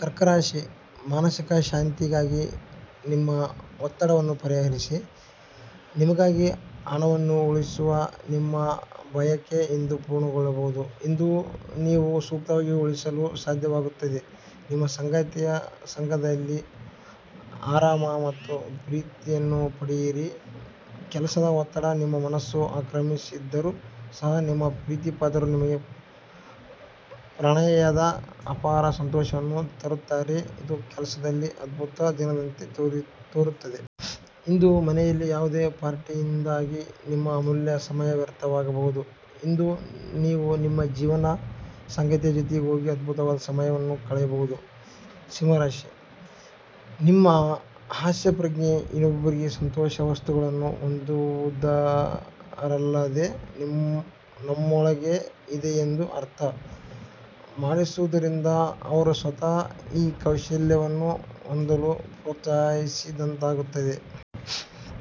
ಕರ್ಕ ರಾಶಿ: ಮಾನಸಿಕ ಶಾಂತಿಗಾಗಿ ನಿಮ್ಮ ಒ'ತ್ತಡವನ್ನು ಪರಿಹರಿಸಿ. ನಿಮಗಾಗಿ ಹಣವನ್ನು ಉಳಿಸುವ ನಿಮ್ಮ ಬಯಕೆ ಇಂದು ಪೂರ್ಣಗೊಳ್ಳಬಹುದು. ಇಂದು ನೀವು ಸೂಕ್ತವಾಗಿ ಉಳಿಸಲು ಸಾಧ್ಯವಾಗುತ್ತದೆ. ನಿಮ್ಮ ಸಂಗಾತಿಯ ಸಂಗದಲ್ಲಿ- ಆರಾಮ ಮತ್ತು ಪ್ರೀತಿಯನ್ನು ಪಡೆಯಿರಿ. ಕೆಲಸದ ಒತ್ತಡ ನಿಮ್ಮ ಮನಸ್ಸನ್ನು ಆಕ್ರಮಿಸಿದ್ದರೂ ಸಹ ನಿಮ್ಮ ಪ್ರೀತಿಪಾತ್ರರು ನಿಮಗೆ ಪ್ರಣಯದ ಅಪಾರ ಸಂತೋಷವನ್ನು ತರುತ್ತಾರೆ ಇದು ಕೆಲಸದಲ್ಲಿ ಅದ್ಭುತ ದಿನದಂತೆ ತೋರುತ್ತಿದೆ. ಇಂದು ಮನೆಯಲ್ಲಿ ಯಾವುದೇ ಪಾರ್ಟಿಯಿಂದಾಗಿ, ನಿಮ್ಮ ಅಮೂಲ್ಯ ಸಮಯ ವ್ಯರ್ಥವಾಗಬಹುದು. ಇಂದು, ನೀವು ನಿಮ್ಮ ಜೀವನ ಸಂಗಾತಿಯ ಜೊತೆ ಹೋಗಿ ಅದ್ಭುತವಾದ ಸಮಯವನ್ನು ಕಳೆಯಬಹುದು. ಸಿಂಹ ರಾಶಿ: ನಿಮ್ಮ ಹಾಸ್ಯಪ್ರಜ್ಞೆ ಇನ್ನೊಬ್ಬರಿಗೆ ಸಂತೋಷ ವಸ್ತುಗಳನ್ನು ಹೊಂದುವುದರಲ್ಲದೇ ನಮ್ಮೊಳಗೇ ಇದೆಯೆಂದು ಅರ್ಥ ಮಾಡಿಸುವುದರಿಂದ ಅವರು ಸ್ವತಃ ಈ ಕೌಶಲ್ಯವನ್ನು ಹೊಂದಲು ಪ್ರೋತ್ಸಾಹಿಸಿದಂತಾಗುತ್ತದೆ.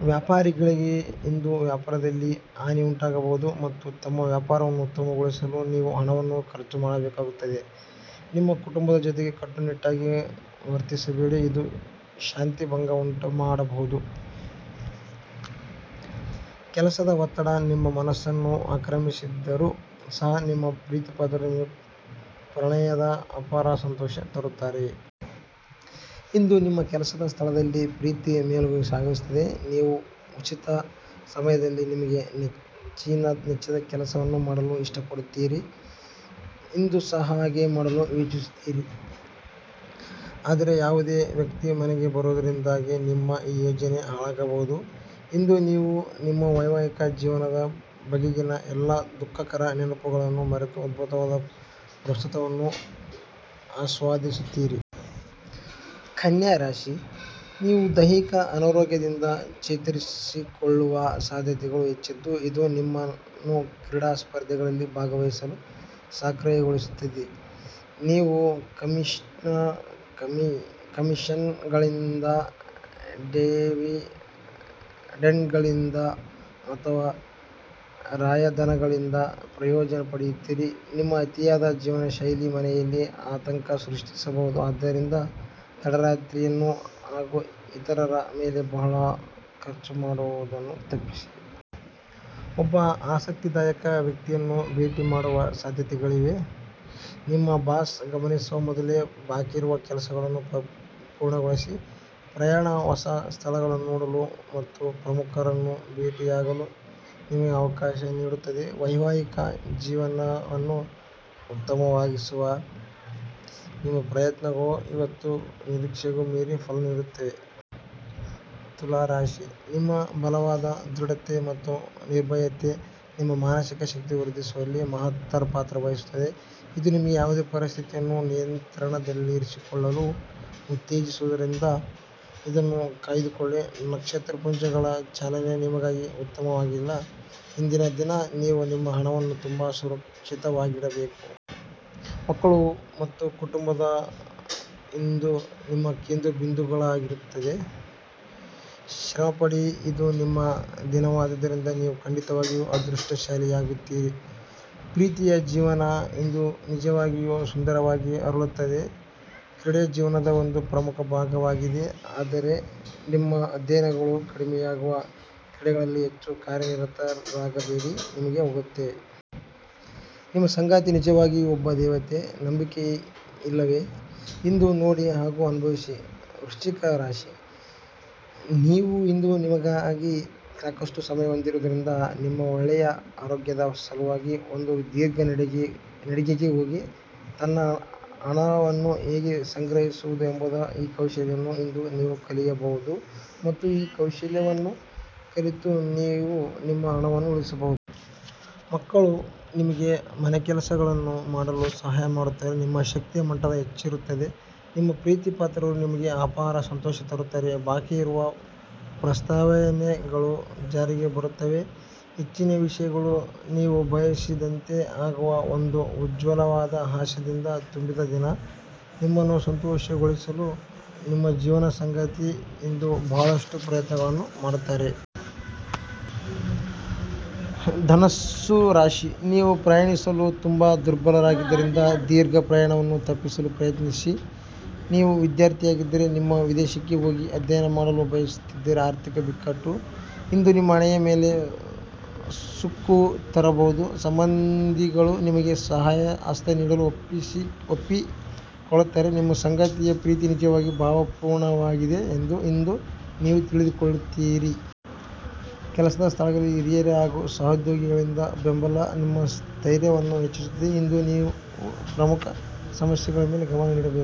ವ್ಯಾಪಾರಿಗಳಿಗೆ ಇಂದು ವ್ಯಾಪಾರದಲ್ಲಿ ಹಾ'ನಿ ಉಂಟಾಗಬಹುದು. ಮತ್ತು ತಮ್ಮ ವ್ಯಾಪಾರವನ್ನು ಉತ್ತಮಗೊಳಿಸಲು ನೀವು ಹಣವನ್ನು ಖರ್ಚು ಮಾಡಬೇಕಾಗುತ್ತದೆ. ನಿಮ್ಮ ಕುಟುಂಬದ ಜೊತೆ ಕಟ್ಟುನಿಟ್ಟಾಗಿ ವರ್ತಿಸಬೇಡಿ ಇದು ಶಾಂತಿ ಭಂ'ಗವುಂಟುಮಾಡಬಹುದು. ಕೆಲಸದ ಒತ್ತಡ ನಿಮ್ಮ ಮನಸ್ಸನ್ನು ಆಕ್ರಮಿಸಿದ್ದರೂ ಸಹ ನಿಮ್ಮ ಪ್ರೀತಿಪಾತ್ರರು ನಿಮಗೆ ಪ್ರಣಯದ ಅಪಾರ ಸಂತೋಷವನ್ನು ತರುತ್ತಾರೆ. ಇಂದು ನಿಮ್ಮ ಕೆಲಸದ ಸ್ಥಳದಲ್ಲಿ ಪ್ರೀತಿ ಮೇಲುಗೈ ಸಾಧಿಸುತ್ತದೆ. ನೀವು ಉಚಿತ ಸಮಯದಲ್ಲಿ ನಿಮಗೆ ನೆಚ್ಚಿದ ಕೆಲಸವನ್ನು ಮಾಡಲು ಇಷ್ಟಪಡುತ್ತೀರಿ. ಇಂದೂ ಸಹ ಹಾಗೆಯೆ ಮಾಡಲು ಯೋಚಿಸುತ್ತೀರಿ. ಆದರೆ ಯಾವುದೇ ವ್ಯಕ್ತಿ ಮನೆಗೆ ಬರುವುದರಿಂದಾಗಿ ನಿಮ್ಮ ಈ ಯೋಜನೆ ಹಾಳಾಗಬಹುದು. ಇಂದು, ನೀವು ನಿಮ್ಮ ವೈವಾಹಿಕ ಜೀವನದ ಬಗೆಗಿನ ಎಲ್ಲಾ ದುಃ'ಖಕರ ನೆನಪುಗಳನ್ನು ಮರೆತು ಅದ್ಭುತವಾದ ಪ್ರಸ್ತುತವನ್ನು ಆಸ್ವಾದಿಸುತ್ತೀರಿ. ಕನ್ಯಾ ರಾಶಿ: ನೀವು ದೈಹಿಕ ಅನಾರೋಗ್ಯದಿಂದ ಚೇತರಿಸಿಕೊಳ್ಳುವ ಸಾಧ್ಯತೆಗಳು ಹೆಚ್ಚಿದ್ದು ಇದು ನಿಮ್ಮನ್ನು ಕ್ರೀಡಾ ಸ್ಪರ್ಧೆಗಳಲ್ಲಿ ಭಾಗವಹಿಸಲು ಸಕ್ರಿಯಗೊಳಿಸುತ್ತದೆ. ನೀವು ಕಮಿಷನ್ಗಳಿಂದ – ಡಿವಿಡೆಂಡ್ಗಳಿಂದ- ಅಥವಾ ರಾಯಧನಗಳಿಂದ ಪ್ರಯೋಜನ ಪಡೆಯುತ್ತೀರಿ. ನಿಮ್ಮ ಅತಿಯಾದ ಜೀವನಶೈಲಿ ಮನೆಯಲ್ಲಿ ಆತಂಕ ಸೃಷ್ಟಿಸಬಹುದು ಆದ್ದರಿಂದ ತಡರಾತ್ರಿಯನ್ನು ಹಾಗೂ ಇತರರ ಮೇಲೆ ಬಹಳ ಖರ್ಚು ಮಾಡುವುದನ್ನು ತಪ್ಪಿಸಿ. ಒಬ್ಬ ಆಸಕ್ತಿದಾಯಕ ವ್ಯಕ್ತಿಯನ್ನು ಭೇಟಿ ಮಾಡುವ ಸಾಧ್ಯತೆಗಳಿವೆ. ನಿಮ್ಮ ಬಾಸ್ ಗಮನಿಸುವ ಮೊದಲೇ ಬಾಕಿಯಿರುವ ಕೆಲಸಗಳನ್ನು ಪೂರ್ಣಗೊಳಿಸಿ. ಪ್ರಯಾಣ ಹೊಸ ಸ್ಥಳಗಳನ್ನು ನೋಡಲು ಮತ್ತು ಪ್ರಮುಖರನ್ನು ಭೇಟಿಯಾಗಲು ನಿಮಗೆ ಅವಕಾಶ ನೀಡುತ್ತದೆ. ವೈವಾಹಿಕ ಜೀವನವನ್ನು ಉತ್ತಮವಾಗಿಸುವ ನಿಮ್ಮ ಪ್ರಯತ್ನಗಳು ಇವತ್ತು ನಿರೀಕ್ಷೆಗೂ ಮೀರಿ ಫಲ ನೀಡುತ್ತವೆ. ತುಲಾ ರಾಶಿ: ನಿಮ್ಮ ಬಲವಾದ ಧೃಢತೆ ಮತ್ತು ನಿರ್ಭಯತೆ ನಿಮ್ಮ ಮಾನಸಿಕ ಶಕ್ತಿ ವರ್ಧಿಸುವಲ್ಲಿ ಮಹತ್ತರ ಪಾತ್ರ ವಹಿಸುತ್ತವೆ. ಇದು ನಿಮಗೆ ಯಾವುದೇ ಪರಿಸ್ಥಿತಿಯನ್ನು ನಿಯಂತ್ರಣದಲ್ಲಿರಿಸಿಕೊಳ್ಳಲು ಉ'ತ್ತೇಜಿಸುವುದರಿಂದ ಇದನ್ನು ಕಾಯ್ದುಕೊಳ್ಳಿ. ನಕ್ಷತ್ರಪುಂಜಗಳ ಚಾಲನೆ ನಿಮಗಾಗಿ ಉತ್ತಮವಾಗಿಲ್ಲ. ಇಂದಿನ ದಿನ ನೀವು ನಿಮ್ಮ ಹಣವನ್ನು ತುಂಬಾ ಸುರಕ್ಷಿತವಾಗಿಡಬೇಕು. ಮಕ್ಕಳು ಮತ್ತು ಕುಟುಂಬ ಇಂದು ನಿಮ್ಮ ಕೇಂದ್ರಬಿಂದುವಾಗಿರುತ್ತದೆ. ಶ್ರಮಪಡಿ, ಇದು ನಿಮ್ಮ ದಿನವಾದ್ದರಿಂದ ನೀವು ಖಂಡಿತವಾಗಿಯೂ ಅದೃಷ್ಟಶಾಲಿಯಾಗಿರುತ್ತೀರಿ. ಪ್ರೀತಿಯ ಜೀವನ ಇಂದು ನಿಜವಾಗಿಯೂ ಸುಂದರವಾಗಿ ಅರಳುತ್ತದೆ. ಕ್ರೀಡೆ ಜೀವನದ ಒಂದು ಪ್ರಮುಖ ಭಾಗವಾಗಿದೆ ಆದರೆ ನಿಮ್ಮ ಅಧ್ಯಯನಗಳು ಕಡಿಮೆಯಾಗುವ ಕ್ರೀಡೆಗಳಲ್ಲಿ ಹೆಚ್ಚು ಕಾರ್ಯನಿರತರಾಗಬೇಡಿ. ನಿಮಗೆ ಗೊತ್ತೇ. ನಿಮ್ಮ ಸಂಗಾತಿ ನಿಜವಾಗಿಯೂ ಒಬ್ಬ ದೇವತೆ. ನಂಬಿಕೆಯಿಲ್ಲವೇ. ಇಂದು ನೋಡಿ ಹಾಗೂ ಅನುಭವಿಸಿ. ವೃಶ್ಚಿಕ ರಾಶಿ: ನೀವು ಇಂದು ನಿಮಗಾಗಿ ಸಾಕಷ್ಟು ಸಮಯ ಹೊಂದಿರುವುದರಿಂದ ನಿಮ್ಮ ಒಳ್ಳೆಯ ಆರೋಗ್ಯದ ಸಲುವಾಗಿ ಒಂದು ಧೀರ್ಘ ನಡಿಗೆಗೆ ಹೋಗಿ. ತನ್ನ ಹಣವನ್ನು ಹೇಗೆ ಸಂಗ್ರಹಿಸುವುದು ಎಂಬ ಈ ಕೌಶಲ್ಯವನ್ನು ಇಂದು ನೀವು ಕಲಿಯಬಹುದು ಮತ್ತು ಈ ಕೌಶಲ್ಯವನ್ನು ಕಲಿತು ನೀವು ನಿಮ್ಮ ಹಣವನ್ನು ಉಳಿಸಬಹುದು. ಮಕ್ಕಳು ನಿಮಗೆ ಮನೆಕೆಲಸಗಳನ್ನು ಮಾಡಲು ಸಹಾಯ ಮಾಡುತ್ತಾರೆ. ನಿಮ್ಮ ಶಕ್ತಿಯ ಮಟ್ಟ ಹೆಚ್ಚಿರುತ್ತದೆ – ನಿಮ್ಮ ಪ್ರೀತಿಪಾತ್ರರು ನಿಮಗೆ ಅಪಾರ ಸಂತೋಷ ತರುತ್ತಾರೆ. ಬಾಕಿಯಿರುವ ಪ್ರಸ್ತಾವನೆಗಳು ಜಾರಿಗೆ ಬರುತ್ತವೆ. ಹೆಚ್ಚಿನ ವಿಷಯಗಳು ನೀವು ಬಯಸಿದಂತೆ ಅಗುವ ಒಂದು ಉಜ್ವಲವಾದ ಹಾಸ್ಯದಿಂದ ತುಂಬಿದ ದಿನ. ನಿಮ್ಮನ್ನು ಸಂತೋಷಗೊಳಿಸಲು ನಿಮ್ಮ ಜೀವನ ಸಂಗಾತಿ ಇಂದು ಬಹಳಷ್ಟು ಪ್ರಯತ್ನಗಳನ್ನು ಮಾಡುತ್ತಾರೆ. ಧನಸ್ಸು ರಾಶಿ: ನೀವು ಪ್ರಯಾಣಿಸಲು ತುಂಬಾ ದುರ್ಬಲರಾಗಿದ್ದರಿಂದ ದೀರ್ಘ ಪ್ರಯಾಣವನ್ನು ತಪ್ಪಿಸಲು ಪ್ರಯತ್ನಿಸಿ. ನೀವು ವಿಧ್ಯಾರ್ಥಿಯಾಗಿದ್ದರೆ ಮತ್ತು ವಿದೇಶಕ್ಕೆ ಹೋಗಿ ಅಧ್ಯಯನ ಮಾಡಲು ಬಯಸುತ್ತಿದ್ದರೆ ಆರ್ಥಿಕ ಬಿಕ್ಕಟ್ಟು. ಇಂದು ನಿಮ್ಮ ಹಣೆಯ ಮೇಲೆ ಸುಕ್ಕು ತರಬಹುದು. ಸಂಬಂಧಿಗಳು ನಿಮಗೆ ಸಹಾಯ ಹಸ್ತ ನೀಡಲು ಒಪ್ಪಿಕೊಳ್ಳುತ್ತಾರೆ. ನಿಮ್ಮ ಸಂಗಾತಿಯ ಪ್ರೀತಿ ನಿಜವಾಗಿಯೂ ಭಾವಪೂರ್ಣವಾಗಿದೆ ಎಂದು ಇಂದು ನೀವು ತಿಳಿದುಕೊಳ್ಳುತ್ತೀರಿ. ಕೆಲಸದ ಸ್ಥಳದಲ್ಲಿ ಹಿರಿಯರು ಹಾಗೂ ಸಹೋದ್ಯೋಗಿಗಳಿಂದ ಬೆಂಬಲ ನಿಮ್ಮ ಸ್ಥೈರ್ಯವನ್ನು ಹೆಚ್ಚಿಸುತ್ತದೆ. ಇಂದು ನೀವು ಪ್ರಮುಖ ಸಮಸ್ಯೆಗಳ ಮೇಲೆ ಗಮನ ನೀಡಬೇಕು.